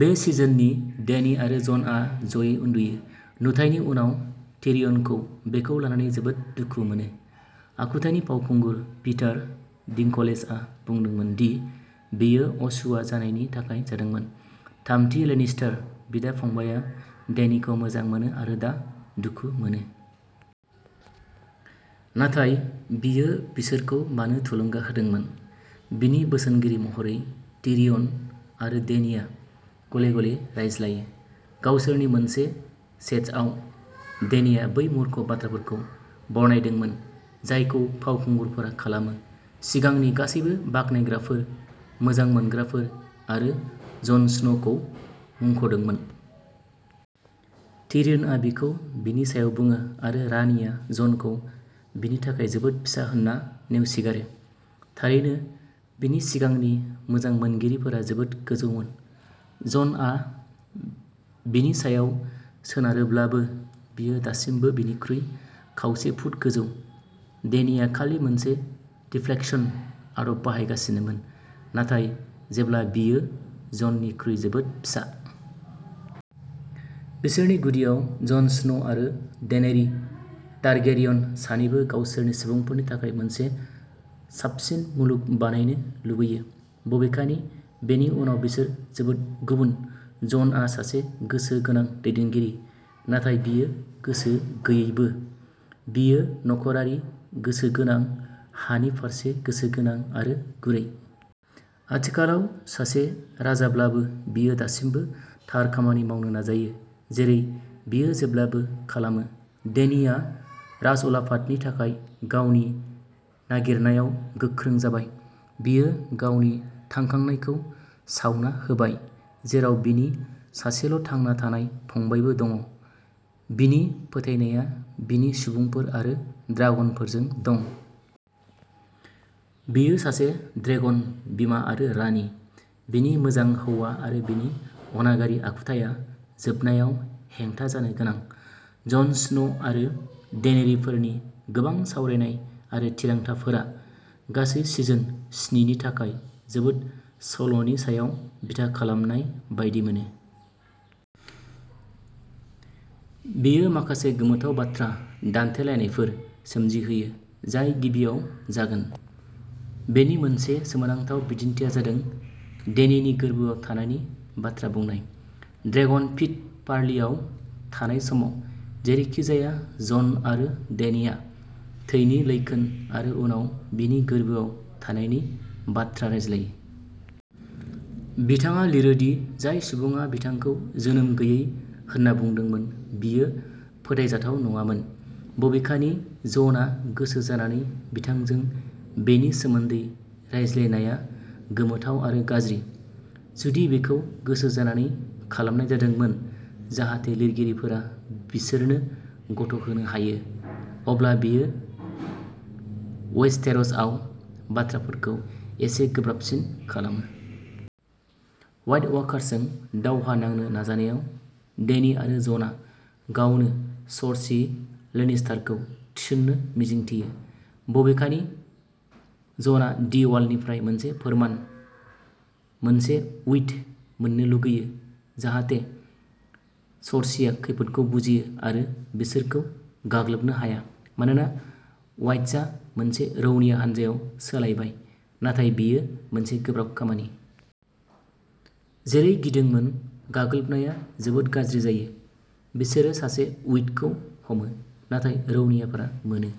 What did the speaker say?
बे सिजननि, डेनी आरो जनआ ज'यै उन्दुयो। नुथायनि उनाव, टिरियनखौ बेखौ लानानै जोबोद दुखु मोनो। आखुथायनि फावखुंगुर, पिटार डिंकलेजआ बुंदोंमोन दि बेयो असूया जानायनि थाखाय जादोंमोनः थामथि लेनिस्टार बिदा-फंबायआ डेनीखौ मोजां मोनो आरो दा दुखु मोनो। नाथाय, बियो बिसोरखौ मानो थुलुंगा होदोंमोन? बिनि बोसोनगिरि महरै, टिरियन आरो डेनीआ गले-गले रायज्लायो। गावसोरनि मोनसे चैट्सआव, डेनीआ बै मूर्ख बाथ्राफोरखौ बरनायदोंमोन, जायखौ फावखुंगुरफोरा खालामो, सिगांनि गासैबो बाख्नायग्राफोर, मोजां मोनग्राफोर आरो जन स्न'खौ मुंख'दोंमोन। टिरियनआ बिखौ बेनि सायाव बुङो आरो रानिआ ज'नखौ "बिनि थाखाय जोबोद फिसा" होन्ना नेवसिगारो। थारैनो, बिनि सिगांनि मोजां मोनगिरिफोरा जोबोद गोजौमोन। जनआ बिनि सायाव सोनारोब्लाबो, बियो दासिमबो बिनिख्रुइ खावसे फुट गोजौ। डेनीआ खालि मोनसे दिफ्लेक्शन आदब बाहायगासिनोमोन, नाथाय जेब्ला बियो जननिख्रुइ जोबोद फिसा। बिसोरनि गुदियाव, जन स्नो आरो डेनेरि टारगेरियन सानैबो गावसोरनि सुबुंफोरनि थाखाय मोनसे साबसिन मुलुग बानायनो लुबैयो। बबेखानि, बेनि उनाव, बिसोर जोबोद गुबुन। जनआ सासे गोसो गोनां दैदेनगिरि, नाथाय बियो गोसो गैयैबो। बियो नखरारि गोसो गोनां, हानि फारसे गोसो गोनां, आरो गुरै। आथिखालाव सासे राजाब्लाबो, बियो दासिमबो थार खामानि मावनो नाजायो, जेरै बियो जेब्लाबो खालामो। डेनिआ राजउलाफादनि थाखाय गावनि नागिरनायाव गोख्रों जाबाय। बियो गावनि थांखांनायखौ सावना होबाय, जेराव बिनि सासेल'थांना थानाय फंबायबो दं। बिनि फोथायनाया बिनि सुबुंफोर आरो ड्रागनफोरजों दं। बियो सासे ड्रेगन बिमा आरो रानि। बिनि मोजां हौवा आरो बिनि अनागारि आखुथाइया जोबनायाव हेंथा जानो गोनां। जन स्नो आरो डेनेरिफोरनि गोबां सावरायनाय आरो थिरांथाफोरा गासै सिजन स्नि नि थाखाय जोबोद सल'नि सायाव बिथा खालामनाय बायदि मोनो। बेयो माखासे गोमोथाव बाथ्रा दान्थेलायनायफोर सोमजिहोयो जाय गिबियाव जागोन। बेनि मोनसे सोमोनांथाव बिदिन्थिआ जादों डेनिनि गोर्बोआव थानायनि बाथ्रा बुंनाय। ड्रेगन पिट पार्लिआव थानाय समाव, जेरैखिजाया जन आरो डेनिआ थैनि लैखोन आरो उनाव बिनि गोर्बोआव थानायनि बाथ्रा रायज्लायो। बिथाङा लिरो दि जाय सुबुङा बिथांखौ जोनोम गैयै होनना बुंदोंमोन बियो फोथायजाथाव नङामोन। बबेखानि, ज'ना गोसोजानानै बिथांजों बेनि सोमोन्दै रायज्लायनायआ गोमोथाव आरो गाज्रि। जुदि बेखौ गोसोजानानै खालामनाय जादोंमोन जाहाथे लिरगिरिफोरा बिसोरनो गथ'होनो हायो, अब्ला बेयो वेस्टेर'सआव बाथ्राफोरखौ एसे गोब्राबसिन खालामो। व्हाइट वाकार्सजों दावहा नांनो नाजानायाव, डेनी आरो ज'ना गावनो सर्सी लेनिस्टारखौ थिसननो मिजिंथियो। बबेखानि, ज'ना दि वालनिफ्राय मोनसे फोरमान, मोनसे उइट मोन्नो लुगैयो, जाहाथे सर्सीआ खैफोदखौ बुजियो आरो बिसोरखौ गाग्लोबनो हाया। मानोना वाइट्सआ मोनसे रौनिया हानजायाव सोलायबाय, नाथाय बेयो मोनसे गोब्राब खामानि। जेरै गिदोंमोन, गाग्लोबनाया जोबोद गाज्रि जायो। बिसोरो सासे उइटखौ हमो, नाथाय रौनियाफोरा मोनो।